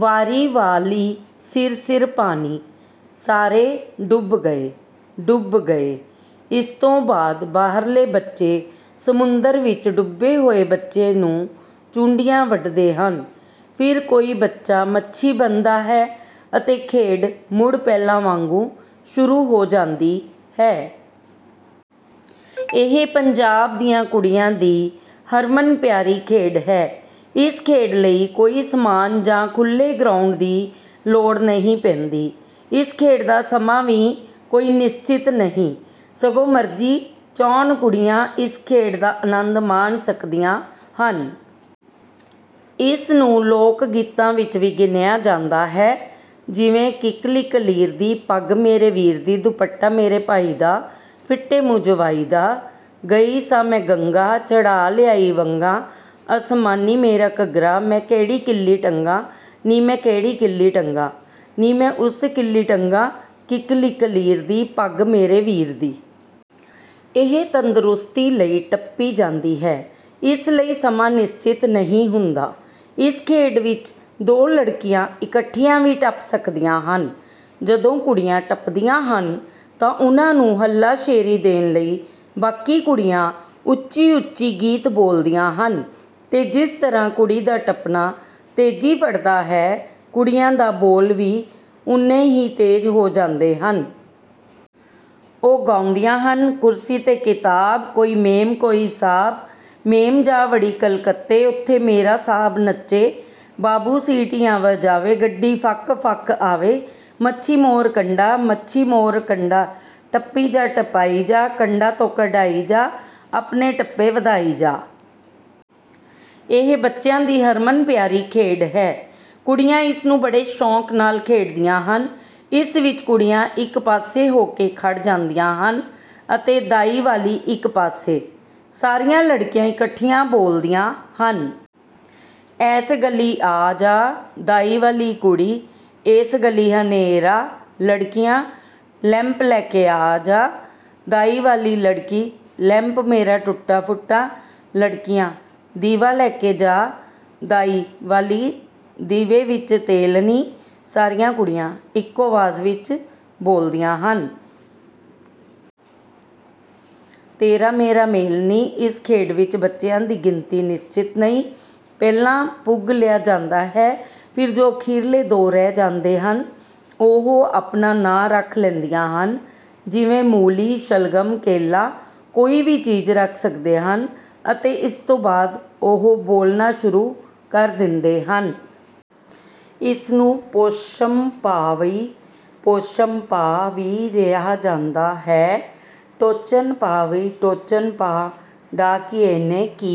ਵਾਰੀ ਵਾਲ਼ੀ: ਸਿਰ ਸਿਰ ਪਾਣੀ। ਸਾਰੇ: ਡੁੱਬ ਗਏ! ਡੁੱਬ ਗਏ। ਇਸ ਤੋਂ ਬਾਅਦ ਬਾਹਰਲੇ ਬੱਚੇ ਸਮੁੰਦਰ ਵਿੱਚ ਡੁੱਬੇ ਹੋਏ ਬੱਚੇ ਨੂੰ ਚੂੰਡੀਆਂ ਵੱਢਦੇ ਹਨ। ਫਿਰ ਕੋਈ ਬੱਚਾ ਮੱਛੀ ਬਣਦਾ ਹੈ ਅਤੇ ਖੇਡ ਮੁੜ ਪਹਿਲਾਂ ਵਾਂਗ ਸ਼ੁਰੂ ਹੋ ਜਾਂਦੀ ਹੈ। ਇਹ ਪੰਜਾਬ ਦੀਆਂ ਕੁੜੀਆਂ ਦੀ ਹਰਮਨ ਪਿਆਰੀ ਖੇਡ ਹੈ। ਇਸ ਖੇਡ ਲਈ ਕੋਈ ਸਮਾਨ ਜਾਂ ਖੁੱਲ੍ਹੇ ਗਰਾਉਂਡ ਦੀ ਲੋੜ ਨਹੀਂ ਪੈਂਦੀ। ਇਸ ਖੇਡ ਦਾ ਸਮਾਂ ਵੀ ਕੋਈ ਨਿਸ਼ਚਿਤ ਨਹੀਂ ਜਦੋਂ ਮਰਜ਼ੀ ਚਾਹੁਣ ਕੁੜੀਆਂ ਇਸ ਖੇਡ ਦਾ ਅਨੰਦ ਮਾਣ ਸਕਦੀਆਂ ਹਨ। ਇਸ ਨੂੰ ਲੋਕ-ਗੀਤਾਂ ਵਿੱਚ ਵੀ ਗਿਣਿਆ ਜਾਂਦਾ ਹੈ ਜਿਵੇਂ: ਕਿੱਕਲੀ ਕਲੀਰ ਦੀ, ਪੱਗ ਮੇਰੇ ਵੀਰ ਦੀ ਦੁਪੱਟਾ ਮੇਰੇ ਭਾਈ ਦਾ, ਫਿੱਟੇ ਮੂੰਹ ਜਵਾਈ ਦਾ ਗਈ ਸਾਂ ਮੈਂ ਗੰਗਾ ਚੜ੍ਹਾ ਲਿਆਈ ਵੰਗਾਂ ਅਸਮਾਨੀ ਮੇਰਾ ਘੱਗਰਾ, ਮੈਂ ਕਿਹੜੀ ਕਿੱਲੀ ਟੰਗਾਂਨੀ ਮੈਂ ਇਸ ਕਿੱਲੀ ਟੰਗਾਂ, ਨੀ ਮੈਂ ਉਸ ਕਿੱਲੀ ਟੰਗਾਂ ਕਿੱਕਲੀ ਕਲੀਰ ਦੀ ਪੱਗ ਮੇਰੇ ਵੀਰ ਦੀ। ਇਹ ਤੰਦਰੁਸਤੀ ਲਈ ਟੱਪੀ ਜਾਂਦੀ ਹੈ। ਇਸ ਲਈ ਸਮਾਂ ਨਿਸ਼ਚਿਤ ਨਹੀਂ ਹੁੰਦਾ। ਇਸ ਖੇਡ ਵਿੱਚ ਦੋ ਲੜਕੀਆਂ ਇਕੱਠੀਆਂ ਵੀ ਟੱਪ ਸਕਦੀਆਂ ਹਨ। ਜਦੋਂ ਕੁੜੀਆਂ ਟੱਪਦੀਆਂ ਹਨ ਤਾਂ ਉਨ੍ਹਾਂ ਨੂੰ ਹਲਾਸ਼ੇਰੀ ਦੇਣ ਲਈ ਬਾਕੀ ਕੁੜੀਆਂ ਉੱਚੀ ਉੱਚੀ ਗੀਤ ਬੋਲਦੀਆਂ ਹਨ ਤੇ ਜਿਸ ਤਰ੍ਹਾਂ ਕੁੜੀ ਦਾ ਟੱਪਣਾ ਤੇਜ਼ੀ ਫੜਦਾ ਹੈ, ਕੁੜੀਆਂ ਦਾ ਬੋਲ ਵੀ ਓਨ੍ਹੇ ਹੀ ਤੇਜ਼ ਹੋ ਜਾਂਦੇ ਹਨ। ਉਹ ਗਾਉਂਦੀਆਂ ਹਨ: ਕੁਰਸੀ ਤੇ ਕਿਤਾਬ ਕੋਈ ਮੇਮ ਕੋਈ ਸਾਹਬ, ਮੇਮ ਜਾ ਵੜੀ ਕਲਕੱਤੇ ਉੱਥੇ ਮੇਰਾ ਸਾਹਬ ਨੱਚੇ, ਬਾਬੂ ਸੀਟੀਆਂ ਵਜਾਵੇ ਗੱਡੀ ਫੱਕ ਫੱਕ ਆਵੇ, ਮੱਛੀ ਮੋਰ ਕੰਡਾ, ਮੱਛੀ ਮੋਰ ਕੰਡਾ ਟੱਪੀ ਜਾ, ਟਪਾਈ ਜਾ ਕੰਡਾ ਤੋਂ ਕਢਾਈ ਜਾ, ਆਪਣੇ ਟੱਪੇ ਵਧਾਈ ਜਾ। ਇਹ ਬੱਚਿਆਂ ਦੀ ਹਰਮਨ ਪਿਆਰੀ ਖੇਡ ਹੈ। ਕੁੜੀਆਂ ਇਸ ਨੂੰ ਬੜੇ ਸ਼ੌਕ ਨਾਲ ਖੇਡਦੀਆਂ ਹਨ। ਇਸ ਵਿੱਚ ਕੁੜੀਆਂ ਇੱਕ ਪਾਸੇ ਹੋ ਕੇ ਖੜ ਜਾਂਦੀਆਂ ਹਨ ਅਤੇ ਦਾਈ ਵਾਲੀ ਇੱਕ ਪਾਸੇ। ਸਾਰੀਆਂ ਲੜਕੀਆਂ ਇਕੱਠੀਆਂ ਬੋਲਦੀਆਂ ਹਨ। ਐਸ ਗਲੀ ਆ ਜਾ ਦਾਈ ਵਾਲੀ ਕੁੜੀ, ਏਸ ਗਲੀ ਹਨੇਰਾ ਲੜਕੀਆਂ, ਲੈਂਪ ਲੈ ਕੇ ਆਜਾ ਦਾਈ ਵਾਲੀ ਲੜਕੀ, ਲੈਂਪ ਮੇਰਾ ਟੁੱਟਾ ਫੁੱਟਾ ਲੜਕੀਆਂ, ਦੀਵਾ ਲੈ ਕੇ ਜਾ ਦਾਈ ਵਾਲੀ, ਦੀਵੇ ਵਿੱਚ ਤੇਲ ਨੀ ਸਾਰੀਆਂ ਕੁੜੀਆਂ ਇੱਕੋ ਆਵਾਜ਼ ਵਿੱਚ ਬੋਲਦੀਆਂ ਹਨ। ਤੇਰਾ ਮੇਰਾ ਮੇਲ ਨੀ। ਇਸ ਖੇਡ ਵਿੱਚ ਬੱਚਿਆਂ ਦੀ ਗਿਣਤੀ ਨਿਸਚਿਤ ਨਹੀਂ, ਪਹਿਲਾਂ ਪੁੱਗ ਲਿਆ ਜਾਂਦਾ ਹੈ ਫਿਰ ਜੋ ਅਖੀਰਲੇ ਦੋ ਰਹਿ ਜਾਂਦੇ ਹਨ ਉਹ ਆਪ ਆਪਣਾ ਨਾ ਰੱਖ ਲੈਂਦੀਆਂ ਹਨ ਜਿਵੇਂ ਮੂਲ਼ੀ, ਸ਼ਲਗਮ, ਕੇਲਾ ਕੋਈ ਵੀ ਚੀਜ਼ ਰੱਖ ਸਕਦੇ ਹਨ ਅਤੇ ਇਸ ਤੋਂ ਬਾਅਦ ਉਹ ਬੋਲਣਾ ਸ਼ੁਰੂ ਕਰ ਦਿੰਦੇ ਹਨ। ਇਸਨੂੰ ਪੋਸ਼ਮਪਾ ਵਈ ਪੋਸ਼ਮਪਾ ਵੀ ਰਿਹਾ ਜਾਂਦਾ ਹੈ। ਟੋਚਨ ਪਾ ਵਈ ਟੋਚਨ ਪਾ ਡਾਕੀਏ ਨੇ ਕੀ